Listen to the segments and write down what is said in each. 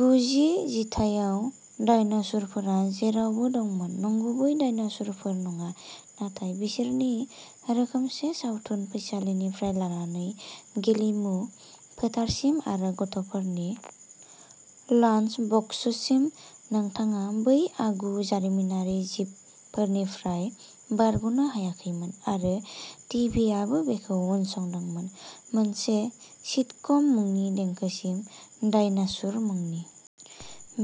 गुजि जिथाइयाव, डायनासुरफोरा जेरावबो दंमोन। नंगुबै डायनासुरफोर नङा। नाथाय बिसोरनि रोखोमसे सावथुन फैसालिनिफ्राय लानानै गेलेमु फोथारसिम आरो गथ'फोरनि लान्सबक्ससिम, नोंथाङा बै आगु जारिमिनारि जिबफोरनिफ्राय बारग'नो हायाखैमोन। आरो टिभिआबो बेखौ उनसंदोंमोन। मोनसे सिटकम मुंनि देंखोसिम, डायनासुर‌ मुंनि।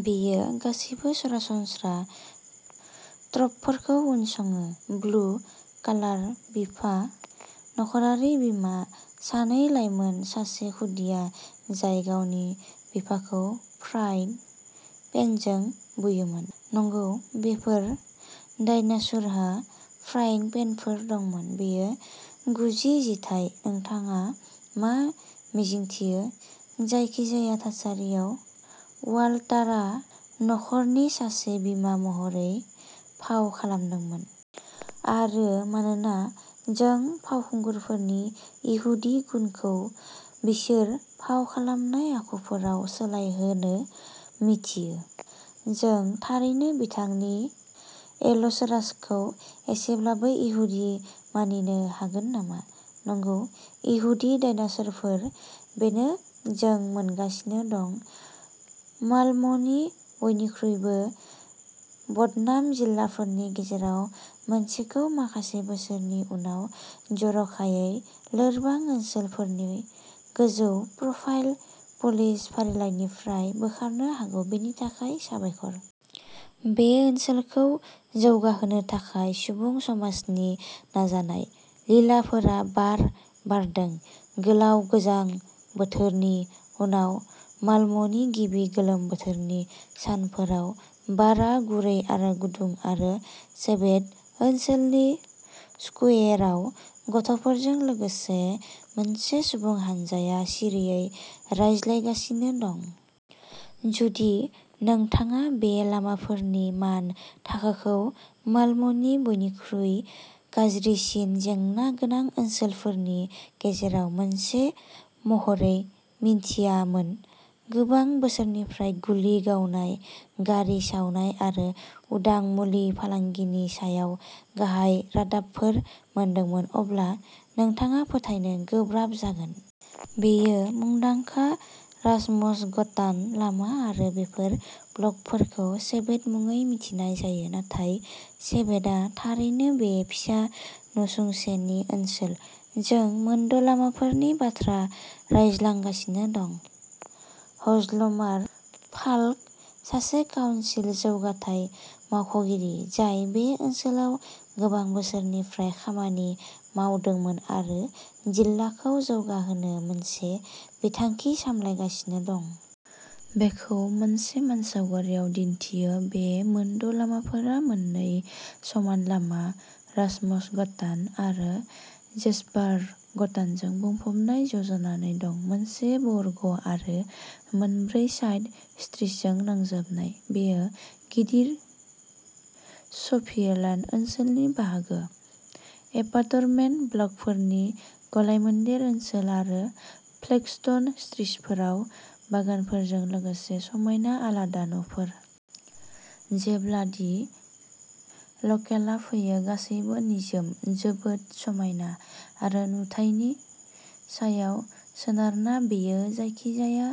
बेयो गासैबो सरासनस्रा ट्रपफोरखौ उनसङो। ब्लु कालार बिफा, न'खरारि बिमा, सानै लाइमोन, सासे खुदिया जाय गावनि बिफाखौ फ्राइं पेनजों बुयोमोन। नंगौ, बेफोर डायनासुरहा फ्राइं पेनफोर दंमोन। बेयो गुजि जिथाइ। नोंथाङा मा मिजिंथियो। जायखिजाया थासारियाव, वालटारा नखरनि सासे बिमा महरै फाव खालामदोंमोन। आरो मानोना जों फावखुंगुरफोरनि इहुदि गुनखौ बिसोर फाव खालामनाय आखुफोराव सोलायहोनो मिथियो। जों थारैनो बिथांनि एल'सोरासखौ एसेब्लाबो इहुदि मानिनो हागोन नामा? नंगौ। इहुदि डायनासोरफोर। बेनो जों मोनगासिनो दं। मालम'नि बयनिख्रुइबो बदनाम जिल्लाफोरनि गेजेराव मोनसेखौ माखासे बोसोरनि उनाव जर'खायै लोरबां ओनसोलफोरनि गोजौ प्रफाइल पुलिस फारिलाइनिफ्राय बोखारनो हागौ, बेनि थाखाय साबायखर। बे ओनसोलखौ जौगाहोनो थाखाय सुबुं समाजनि नाजानाय। लिलाफोरा बार बारदों। गोलाव गोजां बोथोरनि उनाव मालम'नि गिबि गोलोम बोथोरनि सानफोराव बारआ गुरै आरो गुदुं आरो सेभेद ओनसोलनि स्कुवेराव गथ'फोरजों लोगोसे मोनसे सुबुं हानजाया सिरियै रायज्लायगासिनो दं। जुदि नोंथाङा बे लामाफोरनि मान थाखोखौ मालम'नि बयनिख्रुइ गाज्रिसिन जेंना गोनां ओनसोलफोरनि गेजेराव मोनसे महरै मिनथियामोन। गोबां बोसोरनिफ्राय गुलि गावनाय, गारि सावनाय आरो उदां मुलि फालांगिनि सायाव गाहाय रादाबफोर मोनदोंमोन। अब्ला नोंथाङा फोथायनो गोब्राब जागोन। बेयो मुंदांखा रासमसगतान लामा आरो बेफोर ब्लकफोरखौ सेभेद मुङै मिथिनाय जायो, नाथाय सेभेदआ थारैनो बे फिसा नसुंसेनि ओनसोल, जों मोनद'लामाफोरनि बाथ्रा रायज्लांगासिनो दं। हजलमार फाल्क, सासे काउनसिल जौगाथाय मावख'गिरि जाय बे ओनसोलाव गोबां बोसोरनिफ्राय खामानि मावदोंमोन आरो जिल्लाखौ जौगाहोनो मोनसे बिथांखि सामलायगासिनो दं। बेखौ मोनसे मानसावगारियाव दिन्थियो। बे मोनद'लामाफोरा मोन्नै समान लामा रासमसगतान आरो जेस्पारसगतानजों बुंफबनाय‌ ज'जानानै दं। मोनसे बर्ग आरो मोनब्रै साइड स्ट्रिटजों नांजाबनाय। बेयो गिदिर सफियेलान्ड ओनसोलनि बाहागो, एपार्टमेन्ट ब्लकफोरनि गलायमोन्देर ओनसोल आरो फ्लेगस्टोन स्ट्रिटफोराव बागानफोरजों लोगोसे समायना, आलादा न'फोर। जेब्ला दि लकेलआ फैयो, गासैबो निजोम, जोबोद समायना, आरो नुथायनि सायाव सोनारना बेयो जायखिजाया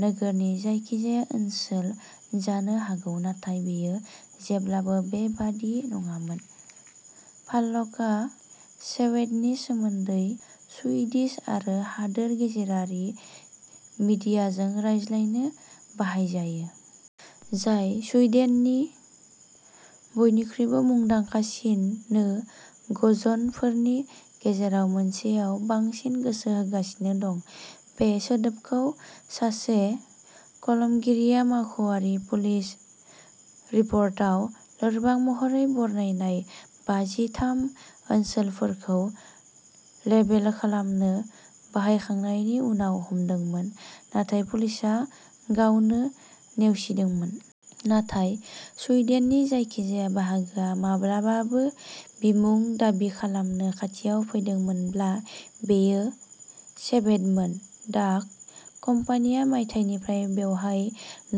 नोगोरनि जायखिजाया ओनसोल जानो हागौ। नाथाय बेयो जेब्लाबो बेबादि नङामोन। फाल्कआ सेवेदनि सोमोन्दै सुइडिश आरो हादोर गेजेरारि मिडियाजों रायज्लायनो बाहायजायो। जाय सुइडेननि बयनिख्रुइबो मुंदांखासिन नो ग'जन फोरनि गेजेराव मोनसेयाव बांसिन गोसो होगासिनो दं। बे सोदोबखौ सासे कलमगिरिआ मावख'आरि पुलिस रिपर्टआव लोरबां महरै बरनायनाय बाजि थाम ओनसोलफोरखौ लेबेल खालामनो बाहायखांनायनि उनाव हमदोंमोन। नाथाय पुलिसआ गावनो नेवसिदोंमोन। नाथाय सुइडेननि जायखिजाया बाहागोआ माब्लाबाबो बिमुं दाबि खालामनो खाथियाव फैदोंमोनब्ला, बेयो सेभेदमोन। डाक कम्पानिया मायथाइनिफ्राय बेवहाय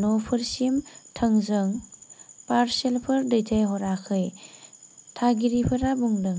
न'फोरसिम थोंजों पारसेलफोर दैथायहराखै, थागिरिफोरा बुंदों।